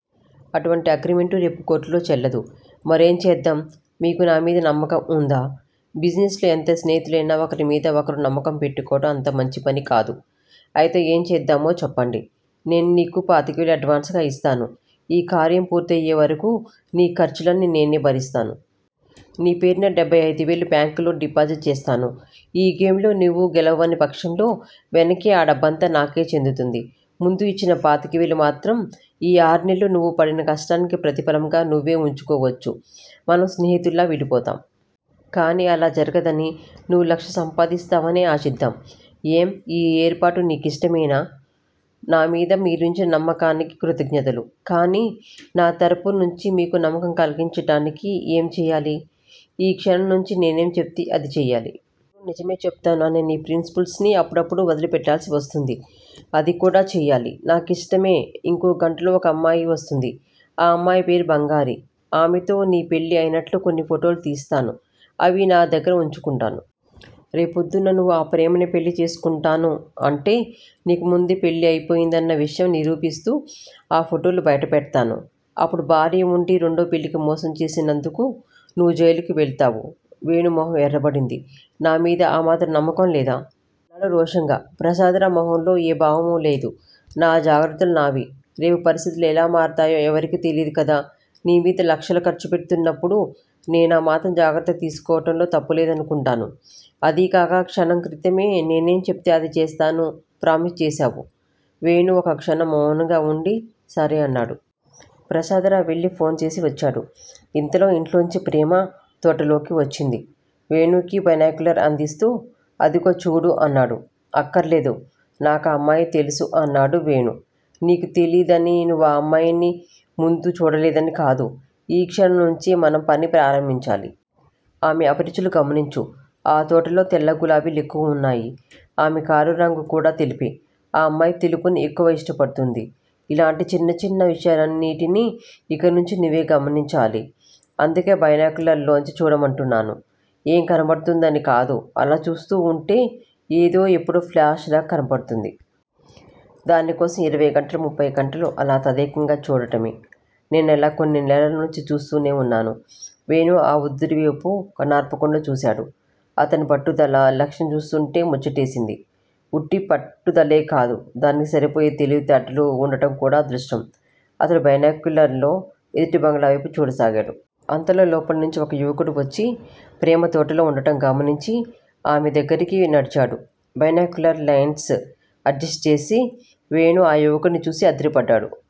అటువంటి అగ్రిమెంటు రేపు కోర్టులో చెల్లదు. మరేం చేద్దాం? మీకు నా మీద నమ్మకం వుందా? బిజినెస్ లో ఎంత స్నేహితులైనా ఒకరిమీద ఒకరు నమ్మకం పెట్టుకోవడం అంత మంచిపని కాదు. అయితే ఏం చేద్దామో చెప్పండి! నేన్నీకు పాతికవేలు అడ్వాన్సుగా ఇస్తాను. ఈ కార్యం పూర్తయ్యేవరకూ నీ ఖర్చులన్నీ నేనే భరిస్తాను. నీ పేర్న డెబ్భై అయిదువేలు బ్యాంకులో డిపాజిట్ చేస్తాను. ఈ గేమ్ లో నువ్వు గెలవని పక్షంలో వెనక్కి ఆ డబ్బంతా నాకే చెందుతుంది. ముందు ఇచ్చిన పాతికవేలు మాత్రం ఈ ఆర్నెల్లు నువ్వు పడిన కష్టానికి ప్రతిఫలంగా నువ్వే వుంచుకోవచ్చు. మనం స్నేహితుల్లా విడిపోతాం. కానీ అలా జరగదనీ, నువ్వు లక్షా సంపాదిస్తావనే ఆశిద్దాం. ఏం, ఈ ఏర్పాటు నీ కిష్టమేనా? నా మీద మీరుంచిన నమ్మకానికి కృతజ్ఞతలు. కానీ నా తరపు నుంచి మీకు నమ్మకం కలిగించటానికి ఏం చెయ్యాలి? ఈ క్షణం నుంచీ నేనేం చెప్తే అది చెయ్యాలి. ఎప్పుడూ నిజమే చెప్తాను అనే నీ ప్రిన్సిపుల్ ని అప్పుడప్పుడు వదిలిపెట్టాల్సి వస్తుంది అది కూడా చెయ్యాలి. నా కిష్టమే ఇంకో గంటలో ఒకమ్మాయి వస్తుంది. ఆ అమ్మాయి పేరు బంగారి. ఆమెతో నీ పెళ్ళి అయినట్టు కొన్ని ఫోటోలు తీస్తాను. అవి నా దగ్గిర వుంచుకుంటాను. రేప్రొద్దున్న నువ్వు ఆ ప్రేమనే పెళ్ళి చేసుకొంటానూ- అంటే నీకు ముందే పెళ్ళి అయిపోయిందన్న విషయాన్ని నిరూపిస్తూ, ఆ ఫోటోలు బైట పెడ్తాను. అప్పుడు భార్య వుండీ రెండో పెళ్ళికి మోసం చేసినందుకు నువ్వు జైలుకి వెళ్తావు వేణు మొహం ఎర్రబడింది. నా మీద ఆ మాత్రం నమ్మకం లేదా? అన్నాడు రోషంగా. ప్రసాదరావు మొహంలో ఏ భావమూ లేదు. నా జాగ్రత్తలు నావి. రేపు పరిస్థితులు ఎలా మారతాయో ఎవరికీ తెలియదు కదా! నీ మీద లక్ష ఖర్చు పెడుతున్నప్పుడు నేనా మాత్రం జాగ్రత్త తీసుకోవటంలో తప్పులేదనుకొంటాను. అదీగాక క్షణం క్రితమే నేనేం చెప్తే అది చేస్తానని ప్రామిస్ చేశావు వేణు ఒక క్షణం మౌనంగా వుండి, సరే అన్నాడు. ప్రసాదరావు వెళ్ళి ఫోన్ చేసి వచ్చాడు. ఇంతలో ఇంట్లోంచి ప్రేమ తోటలోకి వచ్చింది. వేణుకి బైనాక్యులర్స్ అందిస్తూ, అదిగో చూడు అన్నాడు. అక్కరలేదు, నాకా అమ్మాయి తెలుసు అన్నాడు వేణు. నీకు తెలీదనీ, నువ్వా అమ్మాయిని ముందు చూడలేదనీ కాదు. ఈ క్షణంనుంచే మనం పని ప్రారంభించాలి. ఆమె అభిరుచులు గమనించు. ఆ తోటలో తెల్ల గులాబీలు ఎక్కువున్నాయి. ఆమె కారు రంగు కూడా తెలుపే. ఆ అమ్మాయి తెలుపుని ఎక్కువ ఇష్టపడుతుంది. ఇలాంటి చిన్న చిన్న విషయాలన్నిటినీ ఇక నుంచి నువ్వే గమనించాలి. అందుకే బైనాక్యులర్స్ లోంచి చూడమంటున్నాను. ఏం కనబడుతుందని కాదు_ అలా చూస్తూ వుంటే ఏదో ఎప్పుడో ప్లాష్ లాగా కనబడుతుంది. దానికోసం ఇరవై గంటలు_ ముప్పై గంటలు అలా తదేకంగా చూడటమే. నేనలా కొన్ని నెలల్నుంచీ చూస్తూనే వున్నాను. వేణూ ఆ వృద్ధుడివైపు కన్నార్పకుండా చూసేడు. అతడి పట్టుదలా, లక్ష్యం చూస్తూంటే ముచ్చటేసింది. ఉట్టి పట్టుదలేకాదు, దానికి సరిపోయే తెలివితేటలు వుండటం కూడా అదృష్టం. అతడు బైనాక్యులర్స్ తో ఎదుటి బంగ్లావైపు చూడసాగేడు. అంతలో లోపల్నుంచి ఒక యువకుడు వచ్చి ప్రేమ తోటలో వుండటం గమనించి ఆమె దగ్గరికి నడిచాడు. బైనాక్యులర్ లెన్స్ అడ్జెస్టు చేసి వేణు ఆ యువకుడ్ని చూసి అదిరిపడ్డాడు.